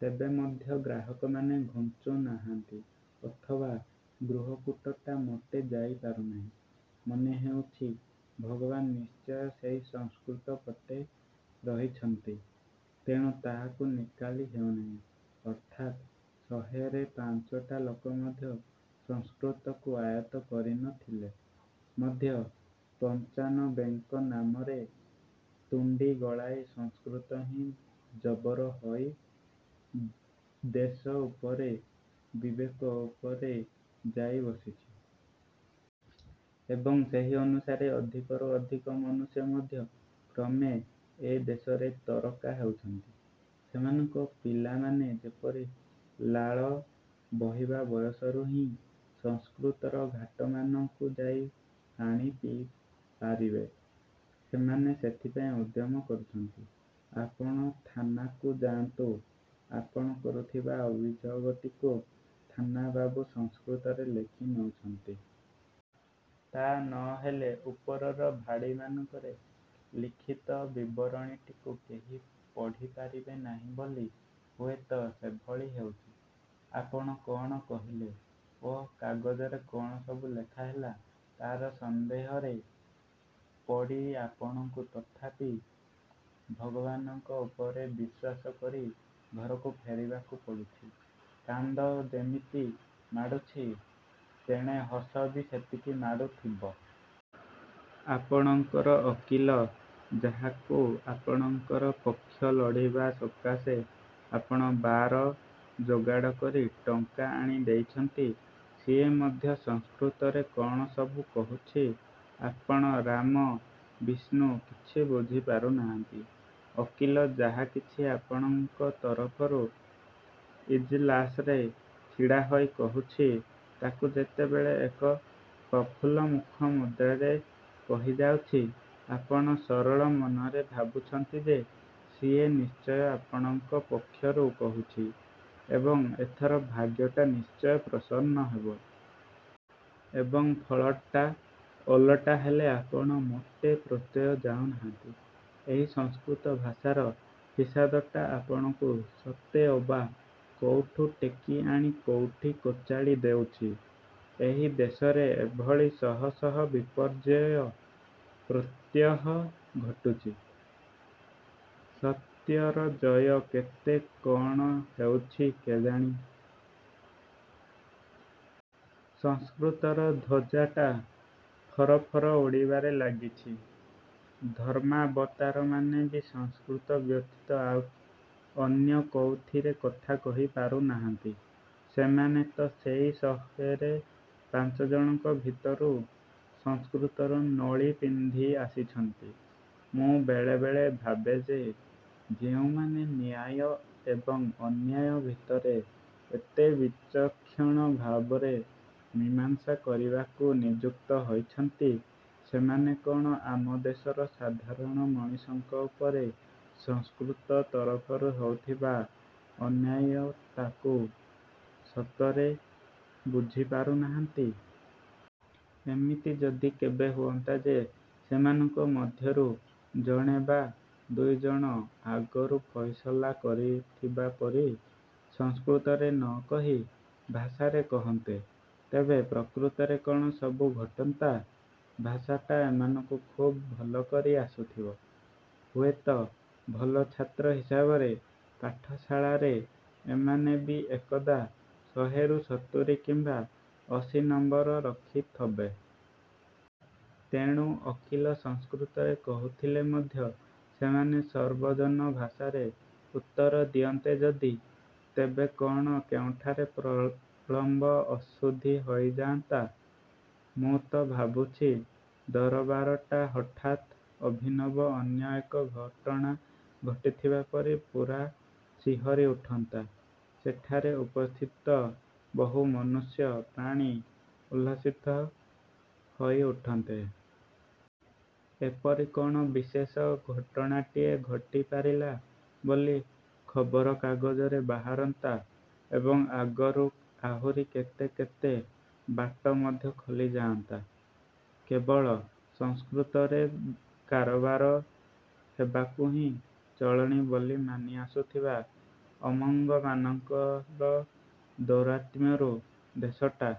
ତେବେ ମଧ୍ୟ ଗ୍ରାହକମାନେ ଘୁଞ୍ଚୁନାହାନ୍ତି ଅଥବା ଗ୍ରହକୂଟଟା ମୋଟେ ଯାଇ ପାରୁନାହିଁ। ମନେହେଉଛି ଭଗବାନ ନିଶ୍ଚୟ ସେଇ ସଂସ୍କୃତ ପଟେ ରହିଛନ୍ତି। ତେଣୁ ତାହାକୁ ନିକାଲି ହେଉନାହିଁ। ଅର୍ଥାତ ଶହେରେ ପାଞ୍ଚଟା ଲୋକ ମଧ୍ୟ ସଂସ୍କୃତକୁ ଆୟତ୍ତ କରିନଥିଲେ ମଧ୍ୟ ପଞ୍ଚାନବେଙ୍କ ନାମରେ ତୁଣ୍ଡି ଗଳାଇ ସଂସ୍କୃତ ହିଁ ଜବର ହୋଇ ଦେଶ ଉପରେ, ବିବେକ ଉପରେ ଯାଇ ବସିଛି। ଏବଂ ସେହି ଅନୁସାରେ ଅଧିକରୁ ଅଧିକ ମନୁଷ୍ୟ ମଧ୍ୟ କ୍ରମେ ଏ ଦେଶରେ ତରକା ହେଉଛନ୍ତି। ସେମାନଙ୍କ ପିଲାମାନେ ଯେପରି ଲାଳ ବୋହିବା ବୟସରୁ ହିଁ ସଂସ୍କୃତର ଘାଟମାନଙ୍କୁ ଯାଇ ପାଣି ପିଇପାରିବେ, ସେମାନେ ସେଥିପାଇଁ ଉଦ୍ୟମ କରୁଛନ୍ତି। ଆପଣ ଥାନାକୁ ଯାଆନ୍ତୁ ଆପଣ କରୁଥିବା ଅଭିଯୋଗଟିକୁ ଥାନାବାବୁ ସଂସ୍କୃତରେ ଲେଖି ନେଉଛନ୍ତି। ତା ନହେଲେ ଉପରର ଭାଡ଼ିମାନଙ୍କରେ ଲିଖିତ ବିବରଣୀଟିକୁ କେହି ପଢ଼ିପାରିବେ ନାହିଁ ବୋଲି ହୁଏତ ସେଭଳି ହେଉଛି। ଆପଣ କଣ କହିଲେ ଓ କାଗଜରେ କଣସବୁ ଲେଖାହେଲା, ତାର ସନ୍ଦେହରେ ପଡ଼ି ଆପଣଙ୍କୁ ତଥାପି ଭଗବାନଙ୍କ ଉପରେ ବିଶ୍ୱାସ କରି ଘରକୁ ଫେରିବାକୁ ପଡୁଛି। କାନ୍ଦ ଯେମିତି ମାଡୁଛି, ତେଣେ ହସ ବି ସେତିକି ମାଡୁଥିବ। ଆପଣଙ୍କର ଓକିଲ, ଯାହାକୁ ଆପଣଙ୍କର ପକ୍ଷ ଲଢ଼ିବା ସକାଶେ ଆପଣ ବାର ଯୋଗାଡ଼ କରି ଟଙ୍କା ଆଣି ଦେଇଛନ୍ତି, ସିଏ ମଧ୍ୟ ସଂସ୍କୃତରେ କଣ ସବୁ କହୁଛି ଆପଣ ରାମ, ବିଷ୍ଣୁ କିଛି ବୁଝି ପାରୁନାହାନ୍ତି। ଓକିଲ ଯାହାକିଛି ଆପଣଙ୍କ ତରଫରୁ ଇଜଲାସରେ ଛିଡ଼ାହୋଇ କହୁଛି, ତାକୁ ଯେତେବେଳେ ଏକ ପ୍ରଫୁଲ୍ଲମୁଖ ମୁଦ୍ରାରେ କହିଯାଉଛି, ଆପଣ ସରଳ ମନରେ ଭାବୁଛନ୍ତି ଯେ, ସିଏ ନିଶ୍ଚୟ ଆପଣଙ୍କ ପକ୍ଷରୁ କହୁଛି ଏବଂ ଏଥର ଭାଗ୍ୟଟା ନିଶ୍ଚୟ ପ୍ରସନ୍ନ ହେବ। ଏବଂ ଫଳଟା ଓଲଟା ହେଲେ ଆପଣ ମୋଟେ ପ୍ରତ୍ୟୟ ଯାଉନାହାନ୍ତି, ଏହି ସଂସ୍କୃତ ଭାଷାର ଫିସାଦଟା ଆପଣଙ୍କୁ ସତେଅବା କୋଉଠୁ ଟେକିଆଣି କୋଉଠି କଚାଡ଼ି ଦେଉଛି। ଏହି ଦେଶରେ ଏଭଳି ଶହ ଶହ ବିପର୍ଯ୍ୟୟ ପ୍ରତ୍ୟହ ଘଟୁଛି। ସତ୍ୟର ଜୟ କେତେ କଣ ହେଉଛି କେଜାଣି? ସଂସ୍କୃତର ଧ୍ୱଜାଟା ଫର ଫର ଉଡ଼ିବାରେ ଲାଗିଛି। ଧର୍ମାବତାରମାନେ ବି ସଂସ୍କୃତ ବ୍ୟତୀତ ଆଉ ଅନ୍ୟ କୋଉଥିରେ କଥା କହିପାରୁ ନାହାନ୍ତି। ସେମାନେ ତ ସେଇ ଶହେରେ ପାଞ୍ଚଜଣଙ୍କ ଭିତରୁ ସଂସ୍କୃତର ନୋଳି ପିନ୍ଧି ଆସିଛନ୍ତି। ମୁଁ ବେଳେ ବେଳେ ଭାବେ ଯେ, ଯେଉଁମାନେ ନ୍ୟାୟ ଏବଂ ଅନ୍ୟାୟ ଭିତରେ ଏତେ ବିଚକ୍ଷଣ ଭାବରେ ମୀମାଂସା କରିବାକୁ ନିଯୁକ୍ତ ହୋଇଛନ୍ତି ସେମାନେ କଣ ଆମ ଦେଶର ସାଧାରଣ ମଣିଷଙ୍କ ଉପରେ ସଂସ୍କୃତ ତରଫରୁ ହେଉଥିବା ଅନ୍ୟାୟଟାକୁ ସତରେ ବୁଝି ପାରୁନାହାନ୍ତି? ଏମିତି ଯଦି କେବେ ହୁଅନ୍ତା ଯେ ସେମାନଙ୍କ ମଧ୍ୟରୁ ଜଣେ ବା ଦୁଇଜଣ ଆଗରୁ ଫଇସଲା କରିଥିବା ପରି ସଂସ୍କୃତରେ ନକହି ଭାଷାରେ କହନ୍ତେ, ତେବେ ପ୍ରକୃତରେ କଣ ସବୁ ଘଟନ୍ତା? ଭାଷାଟା ଏମାନଙ୍କୁ ଖୁବ୍ ଭଲ କରି ଆସୁଥିବ, ହୁଏତ ଭଲ ଛାତ୍ର ହିସାବରେ ପାଠଶାଳାରେ ଏମାନେ ବି ଏକଦା ଶହେରୁ ସତୁରୀ କିମ୍ବା ଅଶୀ ନମ୍ବର ରଖିଥବେ। ତେଣୁ ଓକିଲ ସଂସ୍କୃତରେ କହୁଥିଲେ ମଧ୍ୟ ସେମାନେ ସର୍ବଜନ ଭାଷାରେ ଉତ୍ତର ଦିଅନ୍ତେ ଯଦି, ତେବେ କଣ କେଉଁଠାରେ ପ୍ରଳମ୍ବ ଅଶୁଦ୍ଧି ହୋଇଯାଆନ୍ତା? ମୁଁ ତ ଭାବୁଛି ଦରବାରଟା ହଠାତ୍ ଅଭିନବ ଅନ୍ୟ ଏକ ଘଟଣା ଘଟିଥିବା ପରି ପୂରା ଶିହରି ଉଠନ୍ତା। ସେଠାରେ ଉପସ୍ଥିତ ବହୁ ମନୁଷ୍ୟ, ପ୍ରାଣୀ ଉଲ୍ଲସିତ ହୋଇ ଉଠନ୍ତେ। ଏପରି କଣ ବିଶେଷ ଘଟଣାଟିଏ ଘଟିପାରିଲା ବୋଲି ଖବରକାଗଜରେ ବାହାରନ୍ତା ଏବଂ ଆଗକୁ ଆହୁରି କେତେ କେତେ ବାଟ ମଧ୍ୟ ଖୋଲିଯାଆନ୍ତା। କେବଳ ସଂସ୍କୃତରେ କାରବାର ହେବାକୁ ହିଁ ଚଳଣି ବୋଲି ମାନି ଆସୁଥିବା ଅମଙ୍ଗମାନଙ୍କର ଦୌରାତ୍ମ୍ୟରୁ ଦେଶଟା